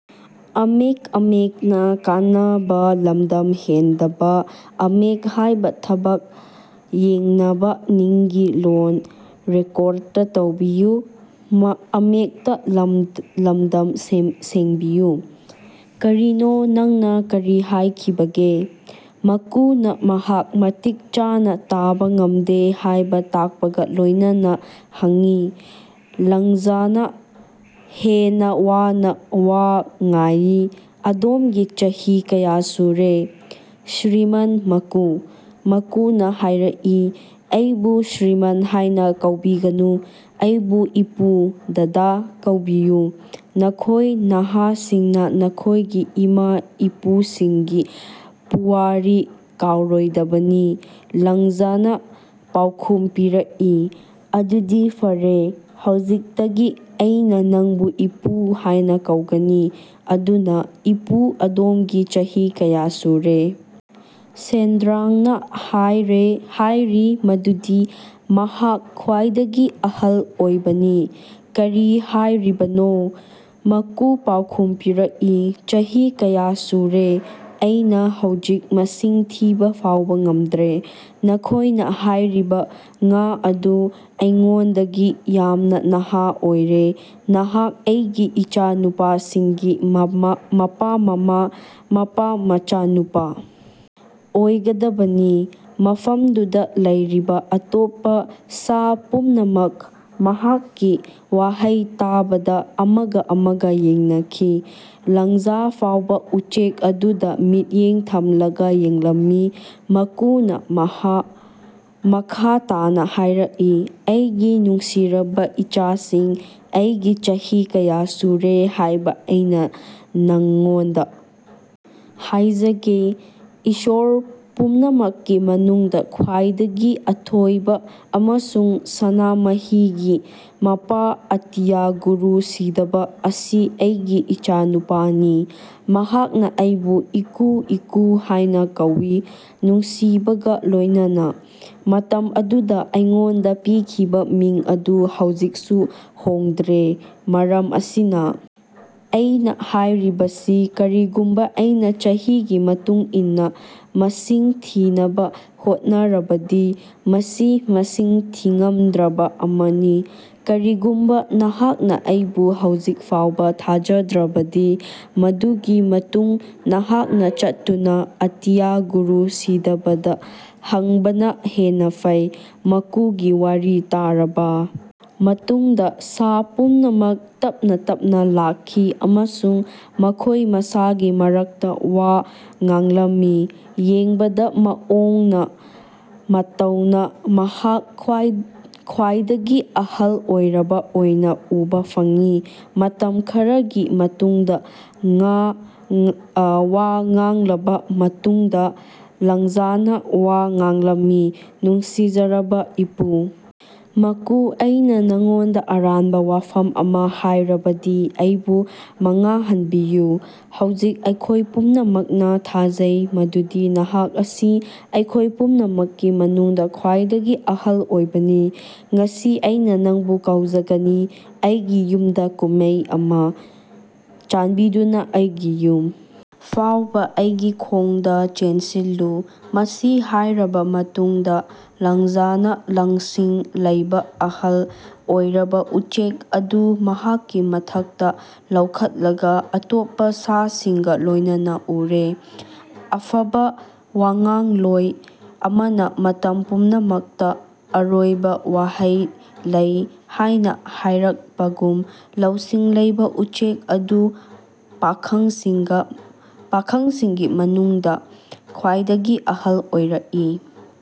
ꯀꯔꯤꯅꯣ ꯅꯪꯅ ꯀꯔꯤ ꯍꯥꯏꯈꯤꯕꯒꯦ? ꯃꯀꯨꯅ ꯃꯍꯥꯛ ꯃꯇꯤꯛ ꯆꯥꯅ ꯇꯥꯕ ꯉꯝꯗꯦ ꯍꯥꯏꯕ ꯇꯥꯛꯄꯒ ꯂꯣꯏꯅꯅ ꯍꯪꯏ꯫ ꯂꯪꯖꯥꯅ ꯍꯦꯟꯅ ꯋꯥꯅ ꯋꯥ ꯉꯥꯏ, "ꯑꯗꯣꯝꯒꯤ ꯆꯍꯤ ꯀꯌꯥ ꯁꯨꯔꯦ, ꯁ꯭ꯔꯤꯃꯥꯟ ꯃꯀꯨ? ꯃꯀꯨꯅ ꯍꯥꯏꯔꯛꯏ, "ꯑꯩꯕꯨ ꯁ꯭ꯔꯤꯃꯥꯟ ꯍꯥꯏꯅ ꯀꯧꯕꯤꯒꯅꯨ, ꯑꯩꯕꯨ ꯏꯄꯨ(ꯗꯥꯗꯥ) ꯀꯧꯕꯤꯌꯨ꯫ ꯅꯈꯣꯏ ꯅꯍꯥꯁꯤꯡꯅ ꯅꯈꯣꯏꯒꯤ ꯏꯃꯥ-ꯏꯄꯨꯁꯤꯡꯒꯤ ꯄꯨꯋꯥꯔꯤ ꯀꯥꯎꯔꯣꯏꯗꯕꯅꯤ"꯫ ꯂꯪꯖꯥꯅ ꯄꯥꯎꯈꯨꯝ ꯄꯤꯔꯛꯏ, "ꯑꯗꯨꯗꯤ ꯐꯔꯦ, ꯍꯧꯖꯤꯛꯇꯒꯤ ꯑꯩꯅ ꯅꯪꯕꯨ 'ꯏꯄꯨ' ꯍꯥꯏꯅ ꯀꯧꯒꯅꯤ꯫" ꯑꯗꯨꯅ, ꯏꯄꯨ ꯑꯗꯣꯝꯒꯤ ꯆꯍꯤ ꯀꯌꯥ ꯁꯨꯔꯦ? ꯁꯦꯟꯗ꯭ꯔꯥꯡꯅ ꯍꯥꯏꯔꯦ ꯍꯥꯏꯔꯤ ꯃꯗꯨꯗꯤ ꯃꯍꯥꯛ ꯈ꯭ꯋꯥꯏꯗꯒꯤ ꯑꯍꯜ ꯑꯣꯏꯕꯅꯤ꯫ "ꯀꯔꯤ ꯍꯥꯏꯔꯤꯕꯅꯣ"? ꯃꯀꯨꯅ ꯄꯥꯎꯈꯨꯝ ꯄꯤꯔꯛꯏ, "ꯆꯍꯤ ꯀꯌꯥ ꯁꯨꯔꯦ, ꯑꯩꯅꯥ ꯍꯧꯖꯤꯛ ꯃꯁꯤꯡ ꯊꯤꯕ ꯐꯥꯎꯕ ꯉꯝꯗ꯭ꯔꯦ꯫" ꯅꯈꯣꯏꯅ ꯍꯥꯏꯔꯤꯕ ꯉꯥ ꯑꯗꯨ ꯑꯩꯉꯣꯟꯗꯒꯤ ꯌꯥꯝꯅ ꯅꯍꯥ ꯑꯣꯏꯔꯦ꯫ ꯃꯍꯥꯛ ꯑꯩꯒꯤ ꯏꯆꯥꯅꯨꯄꯥꯁꯤꯡꯒꯤ ꯃꯄꯥ-ꯃꯃꯥ-ꯃꯄꯥ-ꯃꯆꯥꯅꯨꯄꯥ ꯑꯣꯏꯒꯗꯕꯅꯤ꯫" ꯃꯐꯝꯗꯨꯗ ꯂꯩꯔꯤꯕ ꯑꯇꯣꯞꯄ ꯁꯥ ꯄꯨꯝꯅꯃꯛ ꯃꯍꯥꯛꯀꯤ ꯋꯥꯍꯩ ꯇꯥꯕꯗ ꯑꯃꯒ ꯑꯃꯒ ꯌꯦꯡꯅꯈꯤ꯫ ꯂꯪꯖꯥ ꯐꯥꯎꯕ ꯎꯆꯦꯛ ꯑꯗꯨꯗ ꯃꯤꯠꯌꯦꯡ ꯊꯝꯂꯒ ꯌꯦꯡꯂꯝꯃꯤ꯫ ꯃꯀꯨꯅ ꯃꯍꯥꯛ ꯃꯈꯥ ꯇꯥꯅ ꯍꯥꯏꯔꯛꯏ, "ꯑꯩꯒꯤ ꯅꯨꯡꯁꯤꯔꯕ ꯏꯆꯥꯁꯤꯡ, ꯑꯩꯒꯤ ꯆꯍꯤ ꯀꯌꯥ ꯁꯨꯔꯦ ꯍꯥꯏꯕ ꯑꯩꯅꯥ ꯅꯉꯣꯟꯗ ꯍꯥꯏꯖꯒꯦ꯫ ꯏꯁꯣꯔ ꯄꯨꯝꯅꯃꯛꯀꯤ ꯃꯅꯨꯡꯗ ꯈ꯭ꯋꯥꯏꯗꯒꯤ ꯑꯊꯣꯏꯕ ꯑꯃꯁꯨꯡ ꯁꯅꯥꯃꯍꯤꯒꯤ ꯃꯄꯥ ꯑꯇꯤꯌꯥ ꯒꯨꯔꯨ ꯁꯤꯗꯕ ꯑꯁꯤ ꯑꯩꯒꯤ ꯏꯆꯥꯅꯨꯄꯥꯅꯤ꯫ ꯃꯍꯥꯛꯅ ꯑꯩꯕꯨ 'ꯏꯀꯨ ꯏꯀꯨ' ꯍꯥꯏꯅꯥ ꯀꯧꯏ, ꯅꯨꯡꯁꯤꯕꯒꯥ ꯂꯣꯏꯅꯅꯥ꯫ ꯃꯇꯝ ꯑꯗꯨꯗ ꯑꯩꯉꯣꯟꯗ ꯄꯤꯈꯤꯕ ꯃꯤꯡ ꯑꯗꯨ ꯍꯧꯖꯤꯛꯁꯨ ꯍꯣꯡꯗ꯭ꯔꯦ꯫ ꯃꯔꯝ ꯑꯁꯤꯅ ꯑꯩꯅ ꯍꯥꯏꯔꯤꯕꯁꯤ ꯀꯔꯤꯒꯨꯝꯕ ꯑꯩꯅ ꯆꯍꯤꯒꯤ ꯃꯇꯨꯡ ꯏꯟꯅ ꯃꯁꯤꯡ ꯊꯤꯅꯕ ꯍꯣꯠꯅꯔꯕꯗꯤ ꯃꯁꯤ ꯃꯁꯤꯡ ꯊꯤꯉꯝꯗ꯭ꯔꯕ ꯑꯃꯅꯤ꯫ ꯀꯔꯤꯒꯨꯝꯕ ꯅꯍꯥꯛꯅ ꯑꯩꯕꯨ ꯍꯧꯖꯤꯛ ꯐꯥꯎꯕ ꯊꯥꯖꯗ꯭ꯔꯕꯗꯤ ꯃꯗꯨꯒꯤ ꯃꯇꯨꯡꯗ ꯅꯍꯥꯛꯅ ꯆꯠꯇꯨꯅ ꯑꯇꯤꯌꯥ ꯒꯨꯔꯨ ꯁꯤꯗꯕꯗ ꯍꯪꯕꯅ ꯍꯦꯟꯅꯥ ꯐꯩ꯫ ꯃꯀꯨꯒꯤ ꯋꯥꯔꯤ ꯇꯥꯔꯕ ꯃꯇꯨꯡꯗ ꯁꯥ ꯄꯨꯝꯅꯃꯛ ꯇꯞꯅ ꯇꯞꯅ ꯂꯥꯛꯈꯤ ꯑꯃꯁꯨꯡ ꯃꯈꯣꯏ ꯃꯁꯥꯒꯤ ꯃꯔꯛꯇ ꯋꯥ ꯉꯥꯡꯂꯝꯃꯤ, "ꯌꯦꯡꯕꯗ ꯃꯑꯣꯡꯅ ꯃꯇꯧꯅ ꯃꯍꯥꯛ ꯈ꯭ꯋꯥꯏꯗꯒꯤ ꯑꯍꯜ ꯑꯣꯏꯔꯕ ꯑꯣꯏꯅ ꯎꯕ ꯐꯪꯏ꯫ ꯃꯇꯝ ꯈꯔꯒꯤ ꯃꯇꯨꯡꯗ ꯉꯥ ꯋꯥ ꯉꯥꯡꯂꯕ ꯃꯇꯨꯡꯗ ꯂꯪꯖꯥꯅ ꯋꯥ ꯉꯥꯡꯂꯝꯃꯤ, "ꯅꯨꯡꯁꯤꯖꯔꯕꯥ ꯏꯄꯨ ꯃꯀꯨ, ꯑꯩꯅ ꯅꯉꯣꯟꯗ ꯑꯔꯥꯟꯕ ꯋꯥꯐꯝ ꯑꯃ ꯍꯥꯏꯔꯕꯗꯤ ꯑꯩꯕꯨ ꯃꯥꯉꯍꯟꯕꯤꯌꯨ꯫ ꯍꯧꯖꯤꯛ ꯑꯩꯈꯣꯏ ꯄꯨꯝꯅꯃꯛꯅ ꯊꯥꯖꯩ ꯃꯗꯨꯗꯤ ꯅꯍꯥꯛ ꯑꯁꯤ ꯑꯩꯈꯣꯏ ꯄꯨꯝꯅꯃꯛꯀꯤ ꯃꯅꯨꯡꯗ ꯈ꯭ꯋꯥꯏꯗꯒꯤ ꯑꯍꯜ ꯑꯣꯏꯕꯅꯤ꯫ ꯉꯁꯤ ꯑꯩꯅꯥ ꯅꯪꯕꯨ ꯀꯧꯖꯒꯅꯤ ꯑꯩꯒꯤ ꯌꯨꯝꯗ ꯀꯨꯝꯃꯩ ꯑꯃꯥ꯫ ꯆꯥꯟꯕꯤꯗꯨꯅ ꯑꯩꯒꯤ ꯌꯨꯝ ꯐꯥꯎꯕ ꯑꯩꯒꯤ ꯈꯣꯡꯗ ꯆꯦꯟꯁꯤꯜꯂꯨ꯫ ꯃꯁꯤ ꯍꯥꯏꯔꯕ ꯃꯇꯨꯡꯗ ꯂꯪꯖꯥꯅ ꯂꯪꯁꯤꯡ ꯂꯩꯕ ꯑꯍꯜ ꯑꯣꯏꯔꯕ ꯎꯆꯦꯛ ꯑꯗꯨ ꯃꯍꯥꯛꯀꯤ ꯃꯊꯛꯇ ꯂꯧꯈꯠꯂꯒꯥ ꯑꯇꯣꯞꯄ ꯁꯥꯁꯤꯡꯒ ꯂꯣꯏꯅꯅ ꯎꯔꯦ꯫ ꯑꯐꯕ ꯋꯉꯥꯡꯂꯣꯏ ꯑꯃꯅ ꯃꯇꯝ ꯄꯨꯝꯅꯃꯛꯇꯥ ꯑꯔꯣꯏꯕ ꯋꯥꯍꯩ ꯂꯩ ꯍꯥꯏꯅ ꯍꯥꯏꯔꯛꯄꯒꯨꯝ, ꯂꯧꯁꯤꯡ ꯂꯩꯕꯥ ꯎꯆꯦꯛ ꯑꯗꯨꯅ ꯄꯥꯈꯪꯁꯤꯡꯒ ꯄꯥꯈꯪꯁꯤꯡꯒꯤ ꯃꯅꯨꯡꯗ ꯈ꯭ꯋꯥꯏꯗꯒꯤ ꯑꯍꯜ ꯑꯣꯏꯔꯛꯏ꯫